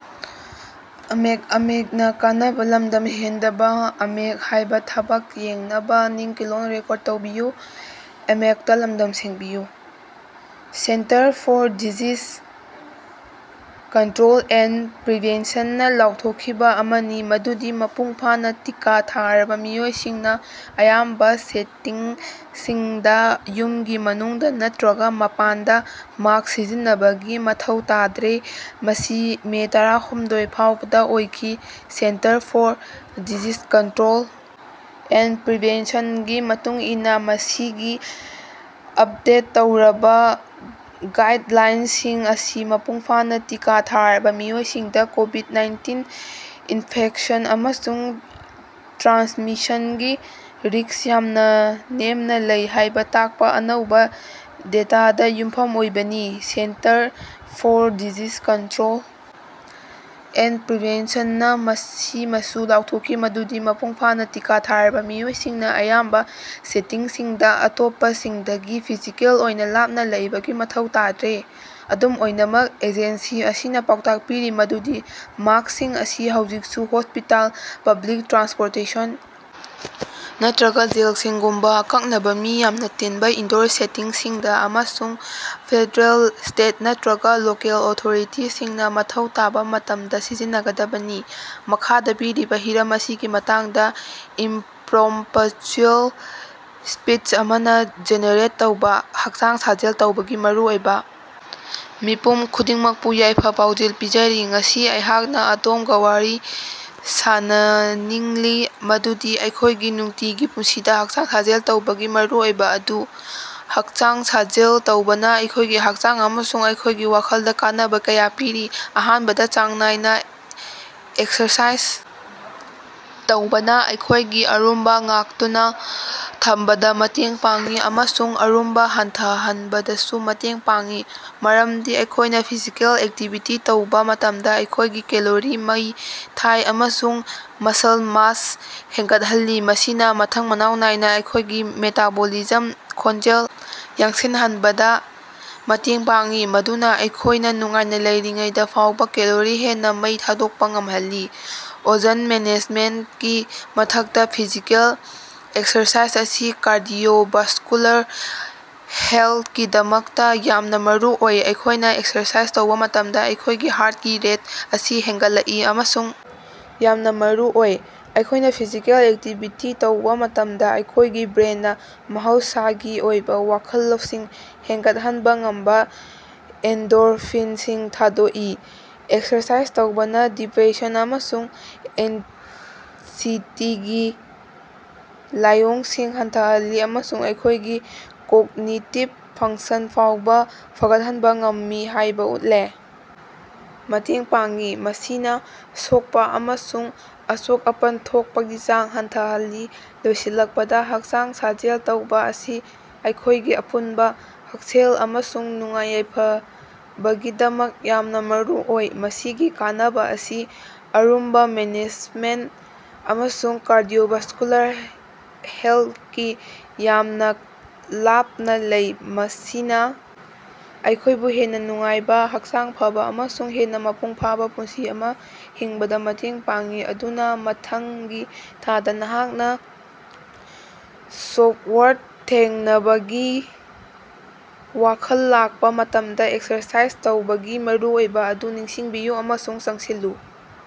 Centre for disease control and prevention ꯅꯥ ꯂꯥꯎꯊꯣꯛꯈꯤꯕ ꯑꯃꯅꯤ ꯃꯗꯨꯗꯤ ꯃꯄꯨꯡ ꯐꯥꯅ ꯇꯤꯀꯥ ꯊꯥꯔꯕ ꯃꯤꯑꯣꯏꯁꯤꯡꯅ ꯑꯌꯥꯝꯕ ꯁꯦꯇꯤꯡꯁꯤꯡꯗ ꯌꯨꯝꯒꯤ ꯃꯅꯨꯡꯗ ꯅꯠꯇ꯭ꯔꯒ ꯃꯄꯥꯟꯗ ꯃꯥꯛꯁ ꯁꯤꯖꯤꯟꯅꯕꯒꯤ ꯃꯊꯧ ꯇꯥꯗ꯭ꯔꯦ, ꯃꯁꯤ ꯃꯦ ꯇꯔꯥꯍꯨꯝꯗꯣꯏ ꯐꯥꯎꯕꯗ ꯑꯣꯏꯈꯤ꯫ꯁꯦꯟꯇꯔ for disease control and Prevention ꯒꯤ ꯃꯇꯨꯡ ꯏꯟꯅ, ꯃꯁꯤꯒꯤ ꯑꯞꯗꯦꯠ ꯇꯧꯔꯕ ꯒꯥꯏꯠꯂꯥꯏꯟꯁꯤꯡ ꯑꯁꯤ ꯃꯄꯨꯡ ꯐꯥꯅ ꯇꯤꯀꯥ ꯊꯥꯔꯕ ꯃꯤꯑꯣꯏꯁꯤꯡꯗ ꯀꯣꯕꯤꯠ-ꯅꯥꯏꯟꯇꯤꯟ ꯏꯟꯐꯦꯛꯁꯟ ꯑꯃꯁꯨꯡ ꯇ꯭ꯔꯥꯟꯁꯃꯤꯁꯟꯒꯤ ꯔꯤꯛꯁ ꯌꯥꯝꯅ ꯅꯦꯝꯅ ꯂꯩ ꯍꯥꯏꯕ ꯇꯥꯛꯄ ꯑꯅꯧꯕ ꯗꯦꯇꯥꯗ ꯌꯨꯝꯐꯝ ꯑꯣꯏꯕꯅꯤ꯫ Centre for disease control and prevention ꯅꯥ ꯃꯁꯤꯃꯁꯨ ꯂꯥꯎꯊꯣꯛꯈꯤ ꯃꯗꯨꯗꯤ ꯃꯄꯨꯡ ꯐꯥꯅ ꯇꯤꯀꯥ ꯊꯥꯔꯕ ꯃꯤꯑꯣꯏꯁꯤꯡꯅ ꯑꯌꯥꯝꯕ ꯁꯦꯇꯤꯡꯁꯤꯡꯗ ꯑꯇꯣꯞꯄꯁꯤꯡꯗꯒꯤ ꯐꯤꯖꯤꯀꯦꯜ ꯑꯣꯏꯅ ꯂꯥꯞꯅ ꯂꯩꯕꯒꯤ ꯃꯊꯧ ꯇꯥꯗ꯭ꯔꯦ꯫ ꯑꯗꯨꯝ ꯑꯣꯏꯅꯃꯛ, ꯑꯦꯖꯦꯟꯁꯤ ꯑꯁꯤꯅ ꯄꯥꯎꯇꯥꯛ ꯄꯤꯔꯤ ꯃꯗꯨꯗꯤ ꯃꯥꯛꯁ ꯁꯤꯡ ꯑꯁꯤ ꯍꯧꯖꯤꯛꯁꯨ ꯍꯣꯁꯄꯤꯇꯥꯜ, ꯄꯕ꯭ꯂꯤꯛ ꯇ꯭ꯔꯥꯟꯁꯄꯣꯔꯇꯦꯁꯟ ꯅꯠꯇ꯭ꯔꯒ ꯖꯦꯜꯁꯤꯡꯒꯨꯝꯕ ꯑꯀꯛꯅꯕ ꯃꯤ ꯌꯥꯝꯅ ꯇꯤꯟꯕ ꯏꯟꯗꯣꯔ ꯁꯦꯇꯤꯡꯁꯤꯡꯗ ꯑꯃꯁꯨꯡ ꯐꯦꯗꯔꯦꯜ, ꯁ꯭ꯇꯦꯠ ꯅꯠꯇ꯭ꯔꯒ ꯂꯣꯀꯦꯜ ꯑꯣꯊꯣꯔꯤꯇꯤꯁꯤꯡꯅ ꯃꯊꯧ ꯇꯥꯕ ꯃꯇꯝꯗ ꯁꯤꯖꯤꯟꯅꯒꯗꯕꯅꯤ꯫ ꯃꯈꯥꯗ ꯄꯤꯔꯤꯕ ꯍꯤꯔꯝ ꯑꯁꯤꯒꯤ ꯃꯇꯥꯡꯗ ꯏꯝꯄ꯭ꯔꯣꯝꯄꯆꯨꯑꯦꯜ ꯁ꯭ꯄꯤꯆ ꯑꯃ ꯖꯦꯅꯦꯔꯦꯠ ꯇꯧꯕ - ꯍꯛꯆꯥꯡ ꯁꯥꯖꯦꯜ ꯇꯧꯕꯒꯤ ꯃꯔꯨꯑꯣꯏꯕ꯫ ꯃꯤꯄꯨꯝ ꯈꯨꯗꯤꯡꯃꯛꯄꯨ ꯌꯥꯏꯐ-ꯄꯥꯎꯖꯦꯜ ꯄꯤꯖꯔꯤ꯫ ꯉꯁꯤ ꯑꯩꯍꯥꯛꯅ ꯑꯗꯣꯝꯒ ꯋꯥꯔꯤ ꯁꯥꯅꯅꯤꯡꯂꯤ ꯃꯗꯨꯗꯤ ꯑꯩꯈꯣꯏꯒꯤ ꯅꯨꯡꯇꯤꯒꯤ ꯄꯨꯟꯁꯤꯗ ꯍꯛꯆꯥꯡ ꯁꯥꯖꯦꯜ ꯇꯧꯕꯒꯤ ꯃꯔꯨꯑꯣꯏꯕ ꯑꯗꯨ꯫ ꯍꯛꯆꯥꯡ ꯁꯥꯖꯦꯜ ꯇꯧꯕꯅ ꯑꯩꯈꯣꯏꯒꯤ ꯍꯛꯆꯥꯡ ꯑꯃꯁꯨꯡ ꯑꯩꯈꯣꯏꯒꯤ ꯋꯥꯈꯜꯗ ꯀꯥꯟꯅꯕ ꯀꯌꯥ ꯄꯤꯔꯤ꯫ ꯑꯍꯥꯟꯕꯗ, ꯆꯥꯡ ꯅꯥꯏꯅ ꯑꯦꯛꯁꯔꯁꯥꯏꯖ ꯇꯧꯕꯅ ꯑꯩꯈꯣꯏꯒꯤ ꯑꯔꯨꯝꯕ ꯉꯥꯛꯇꯨꯅ ꯊꯝꯕꯗ ꯃꯇꯦꯡ ꯄꯥꯡꯏ ꯑꯃꯁꯨꯡ ꯑꯔꯨꯝꯕ ꯍꯟꯊꯍꯟꯕꯗꯁꯨ ꯃꯇꯦꯡ ꯄꯥꯡꯏ꯫ ꯃꯔꯝꯗꯤ ꯑꯩꯈꯣꯏꯅ ꯐꯤꯖꯤꯀꯦꯜ ꯑꯦꯛꯇꯤꯚꯤꯇꯤ ꯇꯧꯕ ꯃꯇꯝꯗ ꯑꯩꯈꯣꯏꯒꯤ ꯀꯦꯂꯣꯔꯤ ꯃꯩ ꯊꯥꯏ ꯑꯃꯁꯨꯡ ꯃꯁꯜ ꯃꯥꯁ ꯍꯦꯟꯒꯠꯍꯜꯂꯤ꯫ ꯃꯁꯤꯅ ꯃꯊꯪ ꯃꯅꯥꯎ ꯅꯥꯏꯅꯥ ꯑꯩꯈꯣꯏꯒꯤ ꯃꯦꯇꯥꯕꯣꯂꯤꯖꯝ ꯈꯣꯟꯖꯦꯜ ꯌꯥꯡꯁꯤꯟꯍꯟꯕꯗ ꯃꯇꯦꯡ ꯄꯥꯡꯏ, ꯃꯗꯨꯅ ꯑꯩꯈꯣꯏꯅ ꯅꯨꯡꯉꯥꯏꯅ ꯂꯩꯔꯤꯉꯩꯗ ꯐꯥꯎꯕ ꯀꯦꯂꯣꯔꯤ ꯍꯦꯟꯅ ꯃꯩ ꯊꯥꯗꯣꯛꯄ ꯉꯝꯍꯜꯂꯤ꯫ ꯑꯣꯖꯟ ꯃꯦꯅꯦꯖꯃꯦꯟꯀꯤ ꯃꯊꯛꯇ, ꯐꯤꯖꯤꯀꯦꯜ ꯑꯦꯛꯁꯔꯁꯥꯏꯖ ꯑꯁꯤ ꯀꯥꯔꯗꯤꯑꯣꯚꯥꯁꯀꯨꯂꯥꯔ ꯍꯦꯜꯠꯀꯤꯗꯃꯛꯇ ꯌꯥꯝꯅ ꯃꯔꯨꯑꯣꯏ꯫ ꯑꯩꯈꯣꯏꯅ ꯑꯦꯛꯁꯔꯁꯥꯏꯖ ꯇꯧꯕ ꯃꯇꯝꯗ ꯑꯩꯈꯣꯏꯒꯤ ꯍꯥꯔꯠꯀꯤ ꯔꯦꯠ ꯑꯁꯤ ꯍꯦꯟꯒꯠꯂꯛꯏ ꯑꯃꯁꯨꯡ ꯌꯥꯝꯅ ꯃꯔꯨꯑꯣꯏ꯫ ꯑꯩꯈꯣꯏꯅ ꯐꯤꯖꯤꯀꯦꯜ ꯑꯦꯛꯇꯤꯚꯤꯇꯤ ꯇꯧꯕ ꯃꯇꯝꯗ ꯑꯩꯈꯣꯏꯒꯤ ꯕ꯭ꯔꯦꯟꯅꯥ ꯃꯍꯧꯁꯥꯒꯤ ꯑꯣꯏꯕ ꯋꯥꯈꯜ ꯂꯧꯁꯤꯡ ꯍꯦꯟꯒꯠꯍꯟꯕ ꯉꯝꯕ ꯑꯦꯟꯗꯣꯔꯐꯤꯟꯁꯤꯡ ꯊꯥꯗꯣꯛꯏ꯫ ꯑꯦꯛꯁꯔꯁꯥꯏꯖ ꯇꯧꯕꯅ ꯗꯤꯄ꯭ꯔꯦꯁꯟ ꯑꯃꯁꯨꯡ ꯑꯦꯟꯁꯤꯇꯤꯒꯤ ꯂꯥꯏꯑꯣꯡꯁꯤꯡ ꯍꯟꯊꯍꯜꯂꯤ ꯑꯃꯁꯨꯡ ꯑꯩꯈꯣꯏꯒꯤ ꯀꯣꯛꯅꯤꯇꯤꯞ ꯐꯪꯁꯟ ꯐꯥꯎꯕ ꯐꯒꯠꯍꯟꯕ ꯉꯝꯃꯤ ꯍꯥꯏꯕ ꯎꯠꯂꯦ꯫ ꯃꯇꯦꯡ ꯄꯥꯡꯏ, ꯃꯁꯤꯅ ꯁꯣꯛꯄ ꯑꯃꯁꯨꯡ ꯑꯁꯣꯛ-ꯑꯄꯟ ꯊꯣꯛꯄꯒꯤ ꯆꯥꯡ ꯍꯟꯊꯍꯜꯂꯤ꯫ ꯂꯣꯏꯁꯤꯜꯂꯛꯄꯗ, ꯍꯛꯆꯥꯡ ꯁꯥꯖꯦꯜ ꯇꯧꯕ ꯑꯁꯤ ꯑꯩꯈꯣꯏꯒꯤ ꯑꯄꯨꯟꯕ ꯍꯛꯁꯦꯜ ꯑꯃꯁꯨꯡ ꯅꯨꯡꯉꯥꯏ-ꯌꯥꯏꯐꯕꯒꯤꯗꯃꯛ ꯌꯥꯝꯅ ꯃꯔꯨꯑꯣꯏ꯫ ꯃꯁꯤꯒꯤ ꯀꯥꯟꯅꯕꯥ ꯑꯁꯤ ꯑꯔꯨꯝꯕ ꯃꯦꯅꯦꯖꯃꯦꯟ ꯑꯃꯁꯨꯡ ꯀꯥꯔꯗꯤꯑꯣꯚꯥꯁꯀꯨꯂꯔ ꯍꯦꯜꯊꯒꯤ ꯌꯥꯝꯅ ꯂꯥꯞꯅ ꯂꯩ, ꯃꯁꯤꯅ ꯑꯩꯈꯣꯏꯕꯨ ꯍꯦꯟꯅ ꯅꯨꯡꯉꯥꯏꯕ, ꯍꯛꯆꯥꯡ ꯐꯕꯥ ꯑꯃꯁꯨꯡ ꯍꯦꯟꯅ ꯃꯄꯨꯡ ꯐꯥꯕ ꯄꯨꯟꯁꯤ ꯑꯃ ꯍꯤꯡꯕꯗ ꯃꯇꯦꯡ ꯄꯥꯡꯏ꯫ ꯑꯗꯨꯅ, ꯃꯊꯪꯒꯤ ꯊꯥꯗ ꯅꯍꯥꯛꯅ ꯁꯣꯞꯋꯥꯔꯠ ꯊꯦꯡꯅꯕꯒꯤ ꯋꯥꯈꯜ ꯂꯥꯛꯄ ꯃꯇꯝꯗ, ꯑꯦꯛꯁꯔꯁꯥꯏꯖ ꯇꯧꯕꯒꯤ ꯃꯔꯨꯑꯣꯏꯕ ꯑꯗꯨ ꯅꯤꯡꯁꯤꯡꯕꯤꯌꯨ ꯑꯃꯁꯨꯡ ꯆꯪꯁꯤꯜꯂꯨ꯫